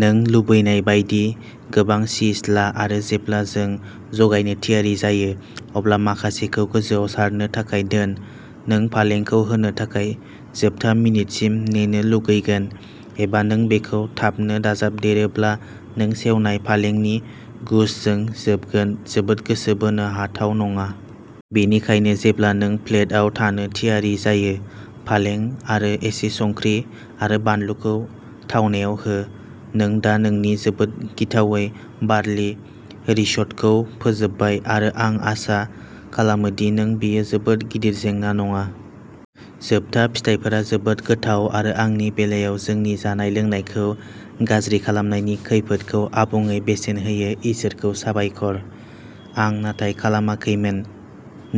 नों लुबैनाय बायदि गोबां चीज ला आरो जेब्ला नों जगायनो थियारि जायो अब्ला माखासेखौ गोजौआव सारनो थाखाय दोन। नों फालेंखौ होनो थाखाय जोबथा मिनिटसिम नेनो लुगैगोन एबा नों बेखौ थाबनो दाजाबदेरोब्ला नों सेवनाय फालेंनि गुच्छजों जोबगोन जोबोद गोसो बोनो हाथाव नङा। बेनिखायनो जेब्ला नों प्लेटआव थानो थियारि जायो, पालें आरो एसे संख्रि आरो बानलुखौ थावनायाव हो। नों दा नोंनि जोबोद गिथावै बार्लि रिस'ट'खौ फोजोबबाय आरो आं आसा खालामो दि नों बेयो जोबोद गिदिर जेंना नङा। जोबथा फिथाइफोरा जोबोद गोथाव आरो आंनि बेलायाव जोंनि जानाय लोंनायखौ गाज्रि खालामनायनि खैफोदखौ आबुङै बेसेन होयो इसोरखौ साबायखर। आं नाथाय खालामाखैमोन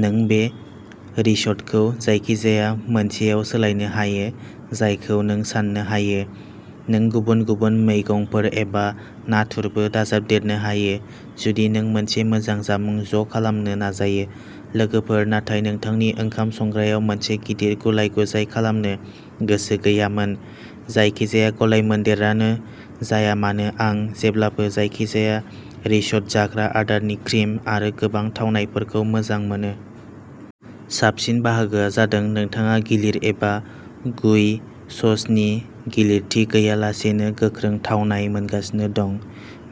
नों बे रिस'ट'खौ जायखिजाया मोनसेआव सोलायनो हायो जायखौ नों साननो हायो। नों गुबुन-गुबुन मैगंफोर एबा नाथुरबो दाजाबदेरनो हायो जुदि नों मोनसे मोजां जामुं ज' खालामनो नाजायो लोगोफोर नाथाय नोंथांनि ओंखाम संग्रायाव मोनसे गिदिर गुलाय-गुजाय खालामनो गोसो गैयामोन जायखिजाया गलायमोनदेरानो जाया मानो आं जेब्लाबो जायखिजाया रिस'ट' जाग्रा आदारनि क्रिम आरो गोबां थावनायफोरखौ मोजां मोनो। साबसिन बाहागोआ जादों नोंथाङा गिलिर एबा गुइ ससनि गिलिरथि गैयालासेनो गोख्रों थावनाय मोनगासिनो दं।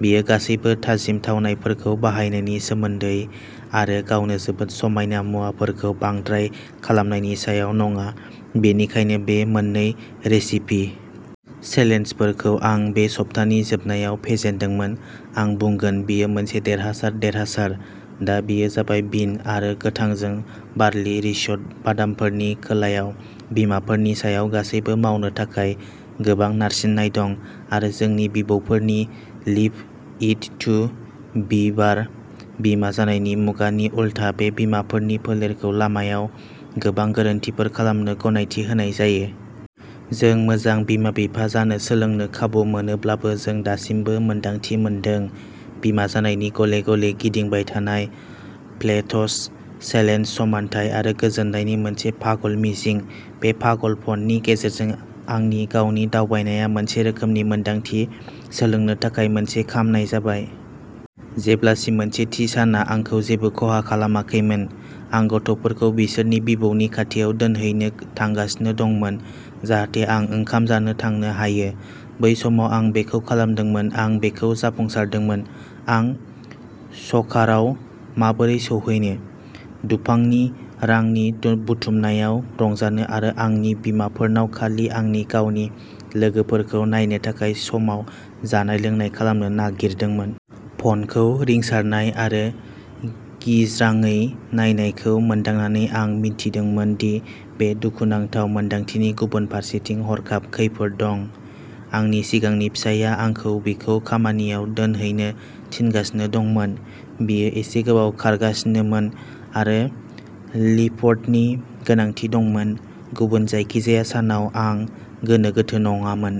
बेयो गासैबो थाजिम थावनायफोरखौ बाहायनायनि सोमोन्दै आरो गावनो जोबोद समायना मुवाफोरखौ बांद्राय खालामनायनि सायाव नङा। बेनिखायनो बे मोननै रेसिपि चेलेन्जफोरखौ आं बे सप्तानि जोबनायाव फेजेनदोंमोन आं बुंगोन बेयो मोनसे देरहासार देरहासार दा बेयो जाबाय बिन आरो गोथांजों बार्लि रिस'ट' बादामफोरनि खोलायाव बिमाफोरनि सायाव गासैबो मावनो थाखाय गोबां नारसिननाय दं आरो जोंनि बिबौफोरनि लिभ इट टु बिभार बिमा जानायनि मुगानि उलथा बे बिमाफोरनि फोलेरखौ लामायाव गोबां गोरोन्थिफोर खालामनो गनायथि होनाय जायो। जों मोजां बिमा-बिफा जानो सोलोंनो खाबु मोनोब्लाबो जों दासिमबो मोन्दांथि मोनदों। बिमा जानायनि गले गले गिदिंबाय थानाय प्लेट्स चेलेन्ज समानथाय आरो गोजोननायनि मोनसे पागल मिजिं। बे पागलपननि गेजेरजों आंनि गावनि दावबायनाया मोनसे रोखोमनि मोन्दांथि सोलोंनो थाखाय मोनसे खामनाय जाबाय। जेब्लासिम मोनसे थि साना आंखौ जेबो खहा खालामाखैमोन आं गथ'फोरखौ बिसोरनि बिबौनि खाथियाव दोनहैनो थांगासिनो दंमोन जाहाथे आं ओंखाम जानो थांनो हायो बै समाव आं बेखौ खालामदोंमोन आं बेखौ जाफुंसारदोंमोन। आं स'कारआव माबोरै सौहैनो दुफांनि रां बुथुमनायाव रंजानो आरो आंनि बिमाफोरनाव खालि आंनि गावनि लोगोफोरखौ नायनो थाखाय समाव जानाय-लोंनाय खालामनो नागिरदोंमोन। फनखौ रिंसारनाय आरो गिज्रांयै नायनायखौ मोनदांनानै आं मिथिदोंमोन दि बे दुखुनांथाव मोन्दांथिनि गुबुन फारसेथिं हरखाब खैफोद दं। आंनि सिगांनि फिसायआ आंखौ बिखौ खामानियाव दोनहैनो थिनगासिनो दंमोन। बियो एसे गोबाव खारगासिनोमोन आरो लिफ्टनि गोनांथि दंमोन। गुबुन जायखिजाया सानाव आं गोनो गोथो नङामोन।